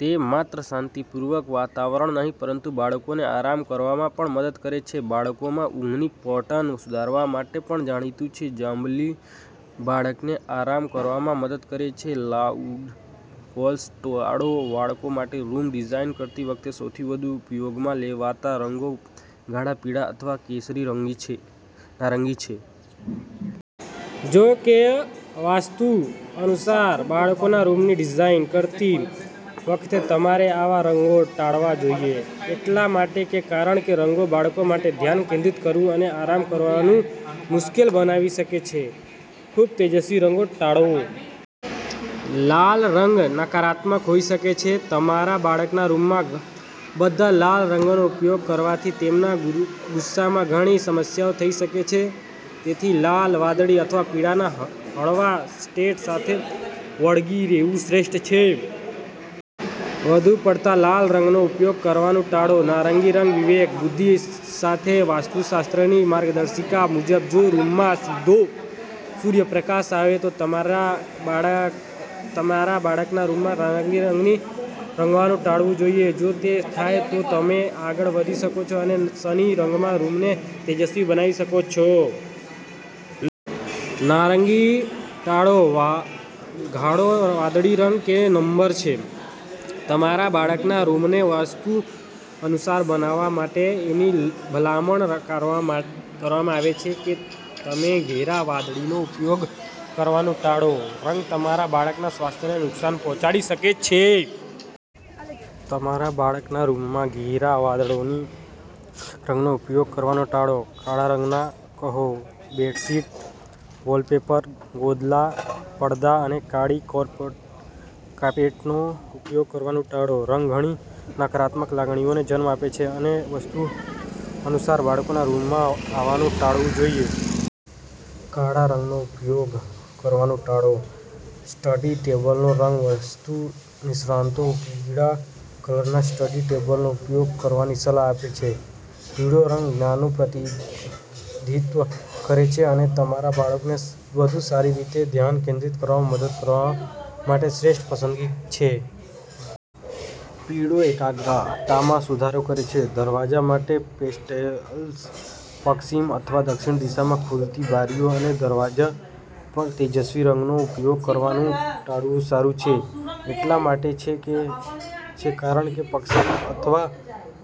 તે માત્ર શાંતિપૂર્ણ વાતાવરણ નહીં પરંતુ બાળકોને આરામ કરવામાં પણ મદદ કરે છે. તે બાળકોમાં ઊંઘની પેટર્ન સુધારવા માટે પણ જાણીતું છે. જાંબલી બાળકને આરામ કરવામાં મદદ કરે છે. લાઉડ કલર્સ ટાળો. બાળકો માટે રૂમ ડિઝાઇન કરતી વખતે સૌથી વધુ ઉપયોગમાં લેવાતા રંગો ઘાટા પીળા અથવા કેરી નારંગી છે. જો કે, વાસ્તુ અનુસાર બાળકોના રૂમની ડિઝાઇન કરતી વખતે તમારે આવા રંગો ટાળવા જોઈએ. એટલા માટે છે કારણ કે રંગો બાળકો માટે ધ્યાન કેન્દ્રિત કરવું અને આરામ કરવાનું મુશ્કેલ બનાવી શકે છે. ખૂબ તેજસ્વી રંગો ટાળો. લાલ રંગ નકારાત્મક હોઈ શકે છે. તમારા બાળકના રૂમમાં ઘણા બધા લાલ રંગનો ઉપયોગ કરવાથી તેમના ગુસ્સામાં ઘણી સમસ્યાઓ થઈ શકે છે. તેથી, લાલ, વાદળી અથવા પીળાના હળવા શેડ્સ સાથે વળગી રહેવું શ્રેષ્ઠ છે. વધુ પડતા લાલ રંગનો ઉપયોગ કરવાનું ટાળો. નારંગી રંગ વિવેક, બુદ્ધિ સાથે વાસ્તુશાસ્ત્રની માર્ગદર્શિકા મુજબ, જો રૂમમાં સીધો સૂર્યપ્રકાશ આવે તો તમારે તમારા બાળકના રૂમને નારંગી રંગથી રંગવાનું ટાળવું જોઈએ. જો તે થાય, તો તમે આગળ વધી શકો છો અને સની રંગમાં રૂમને તેજસ્વી બનાવી શકો છો. નારંગી ટાળો. વા ઘાટો વાદળી રંગ એક નંબર છે તમારા બાળકોના રૂમને વાસ્તુ અનુસાર બનાવવા માટે. એવી ભલામણ કરવામાં આવે છે કે તમે ઘેરા વાદળીનો ઉપયોગ કરવાનું ટાળો. રંગ તમારા બાળકના સ્વાસ્થ્યને નુકસાન પહોંચાડી શકે છે. તમારા બાળકના રૂમમાં ઘેરા વાદળી રંગનો ઉપયોગ કરવાનું ટાળો. કાળા રંગને ના કહો. બેડશીટ, વોલપેપર, ગોદલા, પડદા અને કાળી કાર્પેટનો ઉપયોગ કરવાનું ટાળો. રંગ ઘણી નકારાત્મક લાગણીઓને જન્મ આપે છે અને વાસ્તુ અનુસાર બાળકોના રૂમમાં આવવાનું ટાળવું જોઈએ. કાળા રંગનો ઉપયોગ કરવાનું ટાળો. સ્ટડી ટેબલનો રંગ વાસ્તુ નિષ્ણાતો પીળા કલરના સ્ટડી ટેબલનો ઉપયોગ કરવાની સલાહ આપે છે. પીળો રંગ જ્ઞાનનું પ્રતિનિધિત્વ કરે છે અને તમારા બાળકોને વધુ સારી રીતે ધ્યાન કેન્દ્રિત કરવામાં મદદ કરવા માટે શ્રેષ્ઠ પસંદગી છે. પીળો એકાગ્રતામાં સુધારો કરે છે. દરવાજા માટે પેસ્ટલ્સ. પશ્ચિમ અથવા દક્ષિણ દિશામાં ખુલતી બારીઓ અને દરવાજા પર તેજસ્વી રંગોનો ઉપયોગ કરવાનું ટાળવું સારું છે. એટલા માટે છે કારણ કે પશ્ચિમ અથવા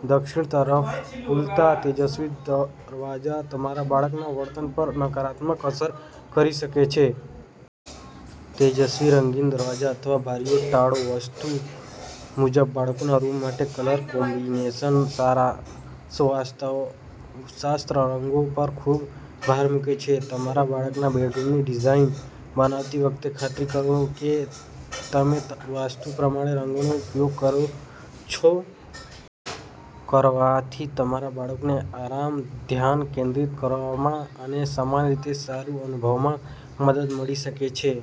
દક્ષિણ તરફ ખુલતા તેજસ્વી દરવાજા તમારા બાળકના વર્તન પર નકારાત્મક અસર કરી શકે છે. તેજસ્વી રંગીન દરવાજા અથવા બારીઓ ટાળો. વાસ્તુ મુજબ બાળકોના રૂમ માટે કલર કોમ્બિનેશનનો સારાંશ વાસ્તુશાસ્ત્ર રંગો પર ખૂબ ભાર મૂકે છે. તમારા બાળકના બેડરૂમની ડિઝાઇન બનાવતી વખતે ખાતરી કરો કે તમે વાસ્તુ પ્રમાણે રંગોનો ઉપયોગ કરો છો. કરવાથી તમારા બાળકોને આરામ, ધ્યાન કેન્દ્રિત કરવામાં અને સામાન્ય રીતે સારું અનુભવવામાં મદદ મળી શકે છે.